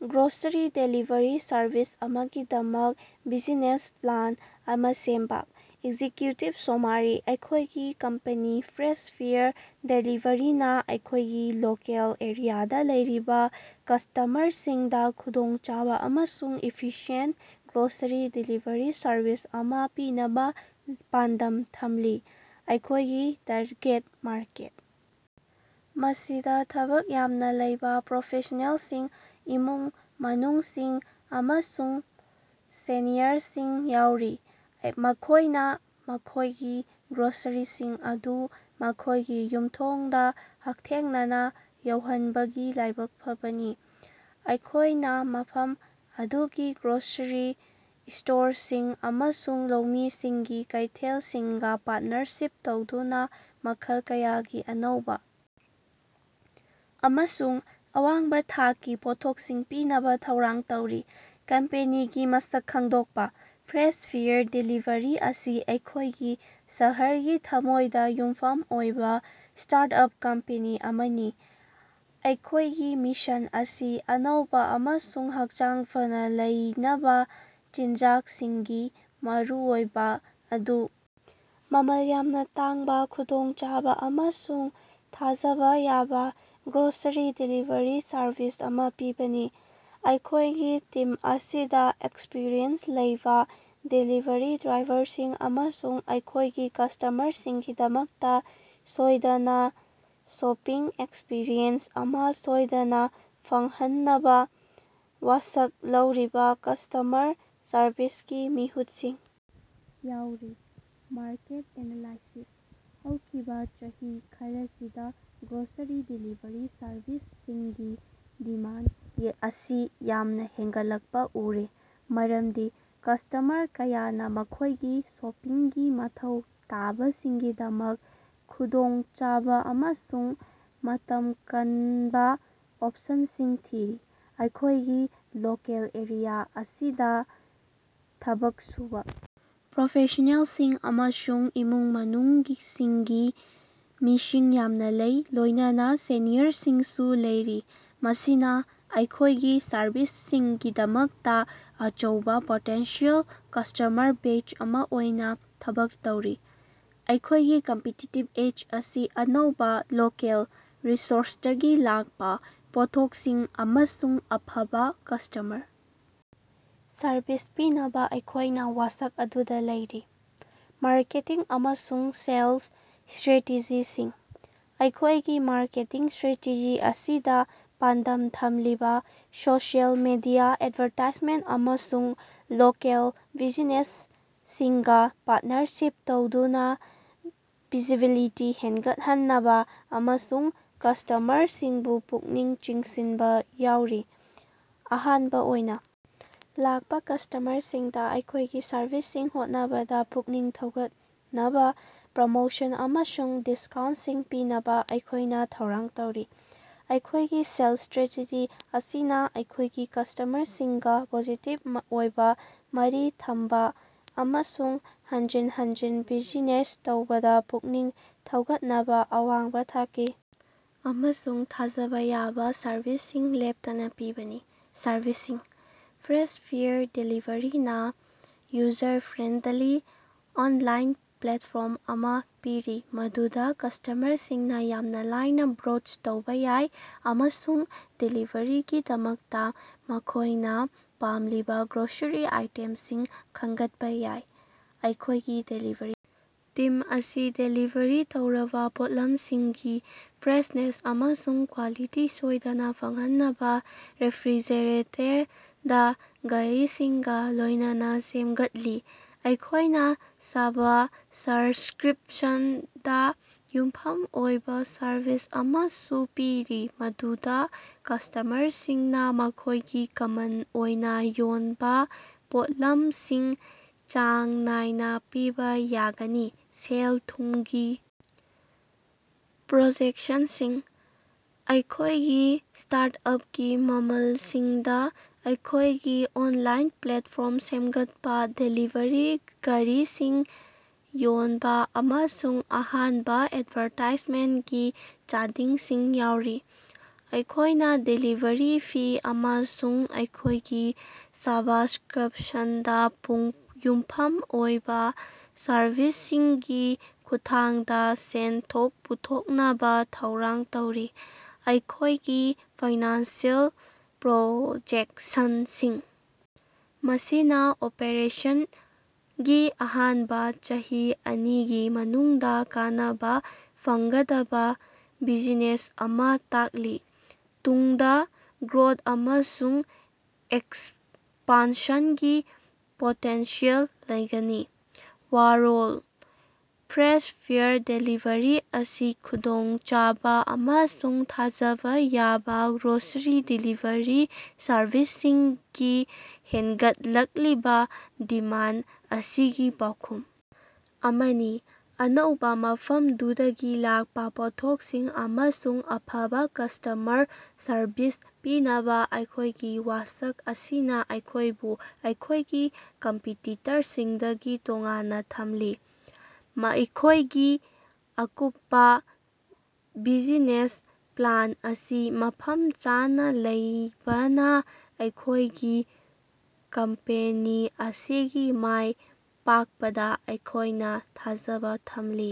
Grocery delivery service ꯑꯃꯒꯤꯗꯃꯛ business plan ꯑꯃꯥ ꯁꯦꯝꯕꯥ꯫ ꯑꯦꯛꯖꯤꯀ꯭ꯌꯨꯇꯤꯕ ꯁꯣꯃꯥꯔꯤ: ꯑꯩꯈꯣꯏꯒꯤ ꯀꯝꯄꯦꯅꯤ ꯐ꯭ꯔꯦꯁ ꯐꯦꯌꯔ ꯗꯦꯂꯤꯕꯔꯤꯅꯥ ꯑꯩꯈꯣꯏꯒꯤ ꯂꯣꯀꯦꯜ ꯑꯦꯔꯤꯌꯥꯗꯥ ꯂꯩꯔꯤꯕꯥ ꯀꯁꯇꯃꯔꯁꯤꯡꯗꯥ ꯈꯨꯗꯣꯡꯆꯥꯕꯥ ꯑꯃꯁꯨꯡ ꯏꯐꯤꯁꯤꯌꯦꯟꯇ ꯒ꯭ꯔꯣꯁꯔꯤ ꯗꯦꯂꯤꯕꯔꯤ ꯁꯔꯕꯤꯁ ꯑꯃꯥ ꯄꯤꯅꯕꯥ ꯄꯥꯟꯗꯝ ꯊꯝꯂꯤ꯫ ꯑꯩꯈꯣꯏꯒꯤ ꯇꯥꯔꯒꯦꯠ ꯃꯥꯔꯀꯦꯠ ꯑꯁꯤꯗꯥ ꯊꯕꯛ ꯌꯥꯝꯅꯥ ꯂꯩꯕꯥ ꯄ꯭ꯔꯣꯐꯦꯁꯅꯦꯜꯁꯤꯡ, ꯏꯃꯨꯡ ꯃꯅꯨꯡꯁꯤꯡ, ꯑꯃꯁꯨꯡ ꯁꯦꯅꯤꯌꯔꯁꯤꯡ ꯌꯥꯎꯔꯤ, ꯃꯈꯣꯏꯅꯥ ꯃꯈꯣꯏꯒꯤ ꯒ꯭ꯔꯣꯁꯔꯤꯁꯤꯡ ꯑꯗꯨ ꯃꯈꯣꯏꯒꯤ ꯌꯨꯝꯊꯣꯡꯗꯥ ꯍꯛꯊꯦꯡꯅꯅꯥ ꯌꯧꯍꯟꯕꯒꯤ ꯂꯥꯏꯕꯛ ꯐꯕꯅꯤ꯫ ꯑꯩꯈꯣꯏꯅꯥ ꯃꯐꯝ ꯑꯗꯨꯒꯤ ꯒ꯭ꯔꯣꯁꯔꯤ ꯁ꯭ꯇꯣꯔꯁꯤꯡ ꯑꯃꯁꯨꯡ ꯂꯧꯃꯤꯁꯤꯡꯒꯤ ꯀꯩꯊꯦꯜꯁꯤꯡꯒꯥ ꯄꯥꯔꯠꯅꯔꯁꯤꯞ ꯇꯧꯗꯨꯅꯥ ꯃꯈꯜ ꯀꯌꯥꯒꯤ ꯑꯅꯧꯕꯥ ꯑꯃꯁꯨꯡ ꯑꯋꯥꯡꯕꯥ ꯊꯥꯛꯀꯤ ꯄꯣꯠꯊꯣꯛꯁꯤꯡ ꯄꯤꯅꯕꯥ ꯊꯧꯔꯥꯡ ꯇꯧꯔꯤ꯫ ꯀꯝꯄꯦꯅꯤꯒꯤ ꯃꯁꯛ ꯈꯪꯗꯣꯛꯄꯥ: ꯐ꯭ꯔꯦꯁ ꯐꯦꯌꯔ ꯗꯦꯂꯤꯕꯔꯤ ꯑꯁꯤ ꯑꯩꯈꯣꯏꯒꯤ ꯁꯍꯔꯒꯤ ꯊꯃꯣꯏꯗꯥ ꯌꯨꯝꯐꯝ ꯑꯣꯏꯕꯥ ꯁ꯭ꯇꯥꯔꯠꯑꯞ ꯀꯝꯄꯦꯅꯤ ꯑꯃꯅꯤ꯫ ꯑꯩꯈꯣꯏꯒꯤ ꯃꯤꯁꯟ ꯑꯁꯤ ꯑꯅꯧꯕꯥ ꯑꯃꯁꯨꯡ ꯍꯛꯆꯥꯡ ꯐꯅꯥ ꯂꯩꯅꯕꯥ ꯆꯤꯟꯖꯥꯛꯁꯤꯡꯒꯤ ꯃꯔꯨꯑꯣꯏꯕꯥ ꯑꯗꯨ ꯃꯃꯜ ꯌꯥꯝꯅꯥ ꯇꯥꯡꯕꯥ ꯈꯨꯗꯣꯡꯆꯥꯕꯥ ꯑꯃꯁꯨꯡ ꯊꯥꯖꯕꯥ ꯌꯥꯕꯥ ꯒ꯭ꯔꯣꯁꯔꯤ ꯗꯦꯂꯤꯕꯔꯤ ꯁꯔꯚꯤꯁ ꯑꯃꯥ ꯄꯤꯕꯅꯤ꯫ ꯑꯩꯈꯣꯏꯒꯤ ꯇꯤꯝ ꯑꯁꯤꯗꯥ ꯑꯦꯛꯁꯄꯔꯤꯌꯦꯟꯁ ꯂꯩꯕꯥ ꯗꯦꯂꯤꯕꯔꯤ ꯗ꯭ꯔꯥꯏꯚꯔꯁꯤꯡ ꯑꯃꯁꯨꯡ ꯑꯩꯈꯣꯏꯒꯤ ꯀꯁꯇꯃꯔꯁꯤꯡꯒꯤꯗꯃꯛꯇꯥ ꯁꯣꯏꯗꯅꯥ ꯁꯣꯄꯤꯡ ꯑꯦꯛꯁꯄꯤꯔꯤꯑꯦꯟꯁ ꯑꯃꯥ ꯁꯣꯏꯗꯅꯥ ꯐꯪꯍꯟꯅꯕꯥ ꯋꯥꯁꯛ ꯂꯧꯔꯤꯕꯥ ꯀꯁꯇꯃꯔ ꯁꯔꯕꯤꯁꯀꯤ ꯃꯤꯍꯨꯠꯁꯤꯡ ꯌꯥꯎꯔꯤ꯫ ꯃꯥꯔꯀꯦꯠ ꯑꯦꯅꯥꯂꯥꯏꯁꯤꯁ: ꯍꯧꯈꯤꯕꯥ ꯆꯍꯤ ꯈꯔꯁꯤꯗꯥ ꯒ꯭ꯔꯣꯁꯔꯤ ꯗꯦꯂꯤꯕꯔꯤ ꯁꯔꯚꯤꯁꯁꯤꯡꯒꯤ ꯗꯤꯃꯥꯟ ꯑꯁꯤ ꯌꯥꯝꯅꯥ ꯍꯦꯟꯒꯠꯂꯛꯄꯥ ꯎꯔꯦ ꯃꯔꯝꯗꯤ ꯀꯁꯇꯃꯔ ꯀꯌꯥꯅꯥ ꯃꯈꯣꯏꯒꯤ ꯁꯣꯄꯤꯡꯒꯤ ꯃꯊꯧ ꯇꯥꯕꯁꯤꯡꯒꯤꯗꯃꯛ ꯈꯨꯗꯣꯡꯆꯥꯕꯥ ꯑꯃꯁꯨꯡ ꯃꯇꯝ ꯀꯟꯕ ꯑꯣꯞꯁꯟꯁꯤꯡ ꯊꯤꯔꯤ꯫ ꯑꯩꯈꯣꯏꯒꯤ ꯂꯣꯀꯦꯜ ꯑꯦꯔꯤꯌꯥ ꯑꯁꯤꯗꯥ ꯊꯕꯛ ꯁꯨꯕꯥ ꯄ꯭ꯔꯣꯐꯦꯁꯅꯦꯜꯁꯤꯡ ꯑꯃꯁꯨꯡ ꯏꯃꯨꯡ ꯃꯅꯨꯡꯁꯤꯡꯒꯤ ꯃꯤꯁꯤꯡ ꯌꯥꯝꯅꯥ ꯂꯩ, ꯂꯣꯏꯅꯅꯥ ꯁꯦꯅꯤꯌꯔꯁꯤꯡꯁꯨ ꯂꯩꯔꯤ, ꯃꯁꯤꯅꯥ ꯑꯩꯈꯣꯏꯒꯤ ꯁꯔꯕꯤꯁꯁꯤꯡꯒꯤꯗꯃꯛꯇꯥ ꯑꯆꯧꯕꯥ ꯄꯣꯇꯦꯟꯁꯤꯌꯦꯜ ꯀꯁꯇꯃꯔ ꯕꯦꯖ ꯑꯃꯥ ꯑꯣꯏꯅꯥ ꯊꯕꯛ ꯇꯧꯔꯤ꯫ ꯑꯩꯈꯣꯏꯒꯤ ꯀꯝꯄꯤꯇꯤꯇꯤꯕ ꯑꯦꯖ ꯑꯁꯤ ꯑꯅꯧꯕꯥ, ꯂꯣꯀꯦꯜ ꯁꯣꯔꯁꯇꯒꯤ ꯂꯥꯛꯄꯥ ꯄꯣꯠꯊꯣꯛꯁꯤꯡ ꯑꯃꯁꯨꯡ ꯑꯐꯕꯥ ꯀꯁꯇꯃꯔ ꯁꯔꯕꯤꯁ ꯄꯤꯅꯕꯥ ꯑꯩꯈꯣꯏꯅꯥ ꯋꯥꯁꯛ ꯑꯗꯨꯗꯥ ꯂꯩꯔꯤ꯫ ꯃꯥꯔꯀꯦꯇꯤꯡ ꯑꯃꯁꯨꯡ ꯁꯦꯜꯁ ꯁꯇ꯭ꯔꯦꯇꯦꯖꯤꯁꯤꯡ: ꯑꯩꯈꯣꯏꯒꯤ ꯃꯥꯔꯀꯦꯇꯤꯡ ꯁꯇ꯭ꯔꯦꯇꯦꯖꯤ ꯑꯁꯤꯗꯥ ꯄꯥꯟꯗꯝ ꯊꯝꯂꯤꯕꯥ ꯁꯣꯁꯤꯑꯦꯜ ꯃꯦꯗꯤꯌꯥ ꯑꯦꯗꯚꯔꯇꯥꯏꯖꯃꯦꯟ ꯑꯃꯁꯨꯡ ꯂꯣꯀꯦꯜ ꯕꯤꯖꯤꯅꯦꯁꯁꯤꯡꯒꯥ ꯄꯥꯔꯠꯅꯔꯁꯤꯞ ꯇꯧꯗꯨꯅꯥ ꯚꯤꯖꯤꯕꯤꯂꯤꯇꯤ ꯍꯦꯟꯒꯠꯍꯟꯅꯕꯥ ꯑꯃꯁꯨꯡ ꯀꯁꯇꯃꯔꯁꯤꯡꯕꯨ ꯄꯨꯛꯅꯤꯡ ꯆꯤꯡꯁꯤꯟꯕꯥ ꯌꯥꯎꯔꯤ꯫ ꯑꯍꯥꯟꯕꯥ ꯑꯣꯏꯅꯥ ꯂꯥꯛꯄꯥ ꯀꯁꯇꯃꯔꯁꯤꯡꯗꯥ ꯑꯩꯈꯣꯏꯒꯤ ꯁꯔꯚꯤꯁꯁꯤꯡ ꯍꯣꯠꯅꯕꯗꯥ ꯄꯨꯛꯅꯤꯡ ꯊꯧꯒꯠꯅꯕꯥ ꯄ꯭ꯔꯃꯣꯁꯟ ꯑꯃꯁꯨꯡ ꯗꯤꯁꯀꯥꯎꯟꯠꯁꯤꯡ ꯄꯤꯅꯕꯥ ꯑꯩꯈꯣꯏꯅꯥ ꯊꯧꯔꯥꯡ ꯇꯧꯔꯤ꯫ ꯑꯩꯈꯣꯏꯒꯤ ꯁꯦꯜꯁ ꯁꯇ꯭ꯔꯦꯇꯦꯖꯤ ꯑꯁꯤꯅꯥ ꯑꯩꯈꯣꯏꯒꯤ ꯀꯁꯇꯃꯔꯁꯤꯡꯒꯥ ꯄꯣꯖꯤꯇꯤꯕ ꯑꯣꯏꯕꯥ ꯃꯔꯤ ꯊꯝꯕꯥ ꯑꯃꯁꯨꯡ ꯍꯟꯖꯤꯟ ꯍꯟꯖꯤꯟ ꯕꯤꯖꯤꯅꯦꯁ ꯇꯧꯕꯗꯥ ꯄꯨꯛꯅꯤꯡ ꯊꯧꯒꯠꯅꯕꯥ ꯑꯋꯥꯡꯕꯥ ꯊꯥꯛꯀꯤ ꯑꯃꯁꯨꯡ ꯊꯥꯖꯕꯥ ꯌꯥꯕꯥ ꯁꯔꯕꯤꯁꯁꯤꯡ ꯂꯦꯞꯇꯅꯥ ꯄꯤꯕꯅꯤ꯫ ꯁꯔꯚꯤꯁꯁꯤꯡ: ꯐ꯭ꯔꯦꯁ ꯐꯦꯌꯔ ꯗꯦꯂꯤꯕꯔꯤꯅꯥ ꯌꯨꯖꯔ ꯐ꯭ꯔꯦꯟꯗꯂꯤ ꯑꯣꯟꯂꯥꯏꯟ ꯄ꯭ꯂꯦꯠꯐꯣꯔꯝ ꯑꯃꯥ ꯄꯤꯔꯤ ꯃꯗꯨꯗꯥ ꯀꯁꯇꯃꯔꯁꯤꯡꯅꯥ ꯌꯥꯝꯅꯥ ꯂꯥꯏꯅꯥ ꯕ꯭ꯔꯣꯎꯖ ꯇꯧꯕꯥ ꯌꯥꯏ ꯑꯃꯁꯨꯡ ꯗꯦꯂꯤꯕꯔꯤꯒꯤꯗꯃꯛꯇꯥ ꯃꯈꯣꯏꯅꯥ ꯄꯥꯝꯂꯤꯕꯥ ꯒ꯭ꯔꯣꯁꯔꯤ ꯑꯥꯏꯇꯦꯝꯁꯤꯡ ꯈꯟꯒꯠꯄꯥ ꯌꯥꯏ꯫ ꯑꯩꯈꯣꯏꯒꯤ ꯗꯦꯂꯤꯕꯔꯤ ꯇꯤꯝ ꯑꯁꯤ ꯗꯦꯂꯤꯕꯔꯤ ꯇꯧꯔꯕꯥ ꯄꯣꯠꯂꯝꯁꯤꯡꯒꯤ ꯐ꯭ꯔꯦꯁꯅꯦꯁ ꯑꯃꯁꯨꯡ ꯀ꯭ꯋꯥꯂꯤꯇꯤ ꯁꯣꯏꯗꯅꯥ ꯐꯪꯍꯟꯅꯕꯥ ꯔꯦꯐ꯭ꯔꯤꯖꯔꯦꯇꯦꯗ ꯒꯥꯔꯤꯁꯤꯡꯒꯥ ꯂꯣꯏꯅꯅꯥ ꯁꯦꯝꯒꯠꯂꯤ꯫ ꯑꯩꯈꯣꯏꯅꯥ ꯁꯕꯁꯀ꯭ꯔꯤꯞꯁꯟꯗꯥ ꯌꯨꯝꯐꯝ ꯑꯣꯏꯕꯥ ꯁꯔꯚꯤꯁ ꯑꯃꯁꯨ ꯄꯤꯔꯤ ꯃꯗꯨꯗꯥ ꯀꯁꯇꯃꯔꯁꯤꯡꯅꯥ ꯃꯈꯣꯏꯒꯤ ꯀꯃꯟ ꯑꯣꯏꯅꯥ ꯌꯣꯟꯕꯥ ꯄꯣꯠꯂꯝꯁꯤꯡ ꯆꯥꯡ ꯅꯥꯏꯅꯥ ꯄꯤꯕꯥ ꯌꯥꯒꯅꯤ꯫ ꯁꯦꯜ-ꯊꯨꯝꯒꯤ ꯄ꯭ꯔꯣꯖꯦꯛꯁꯟꯁꯤꯡ: ꯑꯩꯈꯣꯏꯒꯤ ꯁ꯭ꯇꯥꯔꯠꯑꯞꯀꯤ ꯃꯃꯜꯁꯤꯡꯗꯥ ꯑꯩꯈꯣꯏꯒꯤ ꯑꯣꯟꯂꯥꯏꯟ ꯄ꯭ꯂꯦꯠꯐꯣꯔꯝ ꯁꯦꯝꯒꯠꯄꯥ, ꯗꯦꯂꯤꯕꯔꯤ ꯒꯥꯔꯤꯁꯤꯡ ꯌꯣꯟꯕꯥ, ꯑꯃꯁꯨꯡ ꯑꯍꯥꯟꯕꯥ ꯑꯦꯗꯚꯔꯇꯥꯏꯖꯃꯦꯟꯀꯤ ꯆꯥꯗꯤꯡꯁꯤꯡ ꯌꯥꯎꯔꯤ꯫ ꯑꯩꯈꯣꯏꯅꯥ ꯗꯦꯂꯤꯕꯔꯤ ꯐꯤ ꯑꯃꯁꯨꯡ ꯑꯩꯈꯣꯏꯒꯤ ꯁꯕꯁꯀ꯭ꯔꯤꯞꯁꯟꯗꯥ ꯌꯨꯝꯐꯝ ꯑꯣꯏꯕꯥ ꯁꯔꯕꯤꯁꯁꯤꯡꯒꯤ ꯈꯨꯠꯊꯥꯡꯗꯥ ꯁꯦꯟꯊꯣꯛ ꯄꯨꯊꯣꯛꯅꯕꯥ ꯊꯧꯔꯥꯡ ꯇꯧꯔꯤ꯫ ꯑꯩꯈꯣꯏꯒꯤ ꯐꯥꯏꯅꯥꯟꯁꯤꯑꯦꯜ ꯄ꯭ꯔꯣꯖꯦꯛꯁꯟꯁꯤꯡ ꯑꯁꯤꯅꯥ ꯑꯣꯄꯔꯦꯁꯟꯒꯤ ꯑꯍꯥꯟꯕꯥ ꯆꯍꯤ ꯑꯅꯤꯒꯤ ꯃꯅꯨꯡꯗꯥ ꯀꯥꯟꯅꯕꯥ ꯐꯪꯒꯗꯕꯥ ꯕꯤꯖꯤꯅꯦꯁ ꯑꯃꯥ ꯇꯥꯛꯂꯤ, ꯇꯨꯡꯗꯥ ꯒ꯭ꯔꯣꯊ ꯑꯃꯁꯨꯡ ꯑꯦꯛꯁꯄꯥꯟꯁꯟꯒꯤ ꯄꯣꯇꯦꯟꯁꯤꯌꯦꯜ ꯂꯩꯒꯅꯤ꯫ ꯋꯥꯔꯣꯜ: ꯐ꯭ꯔꯦꯁ ꯐꯦꯌꯔ ꯗꯦꯂꯤꯕꯔꯤ ꯑꯁꯤ ꯈꯨꯗꯣꯡꯆꯥꯕꯥ ꯑꯃꯁꯨꯡ ꯊꯥꯖꯕꯥ ꯌꯥꯕꯥ ꯒ꯭ꯔꯣꯁꯔꯤ ꯗꯦꯂꯤꯕꯔꯤ ꯁꯔꯚꯤꯁꯁꯤꯡꯒꯤ ꯍꯦꯟꯒꯠꯂꯛꯂꯤꯕꯥ ꯗꯤꯃꯥꯟ ꯑꯁꯤꯒꯤ ꯄꯥꯎꯈꯨꯝ ꯑꯃꯅꯤ꯫ ꯑꯅꯧꯕꯥ, ꯃꯐꯝꯗꯨꯗꯒꯤ ꯂꯥꯛꯄꯥ ꯄꯣꯠꯊꯣꯛꯁꯤꯡ ꯑꯃꯁꯨꯡ ꯑꯐꯕꯥ ꯀꯁꯇꯃꯔ ꯁꯔꯕꯤꯁ ꯄꯤꯅꯕꯥ ꯑꯩꯈꯣꯏꯒꯤ ꯋꯥꯁꯛ ꯑꯁꯤꯅꯥ ꯑꯩꯈꯣꯏꯕꯨ ꯑꯩꯈꯣꯏꯒꯤ ꯀꯝꯄꯤꯇꯤꯇꯔꯁꯤꯡꯗꯒꯤ ꯇꯣꯉꯥꯟꯅꯥ ꯊꯝꯂꯤ꯫ ꯑꯩꯈꯣꯏꯒꯤ ꯑꯀꯨꯞꯄꯥ ꯕꯤꯖꯤꯅꯦꯁ ꯄ꯭ꯂꯥꯟ ꯑꯁꯤ ꯃꯐꯝ ꯆꯥꯅꯥ ꯂꯩꯕꯅꯥ ꯑꯩꯈꯣꯏꯒꯤ ꯀꯝꯄꯦꯅꯤ ꯑꯁꯤꯒꯤ ꯃꯥꯏ ꯄꯥꯛꯄꯗꯥ ꯑꯩꯈꯣꯏꯅꯥ ꯊꯥꯖꯕꯥ ꯊꯝꯂꯤ꯫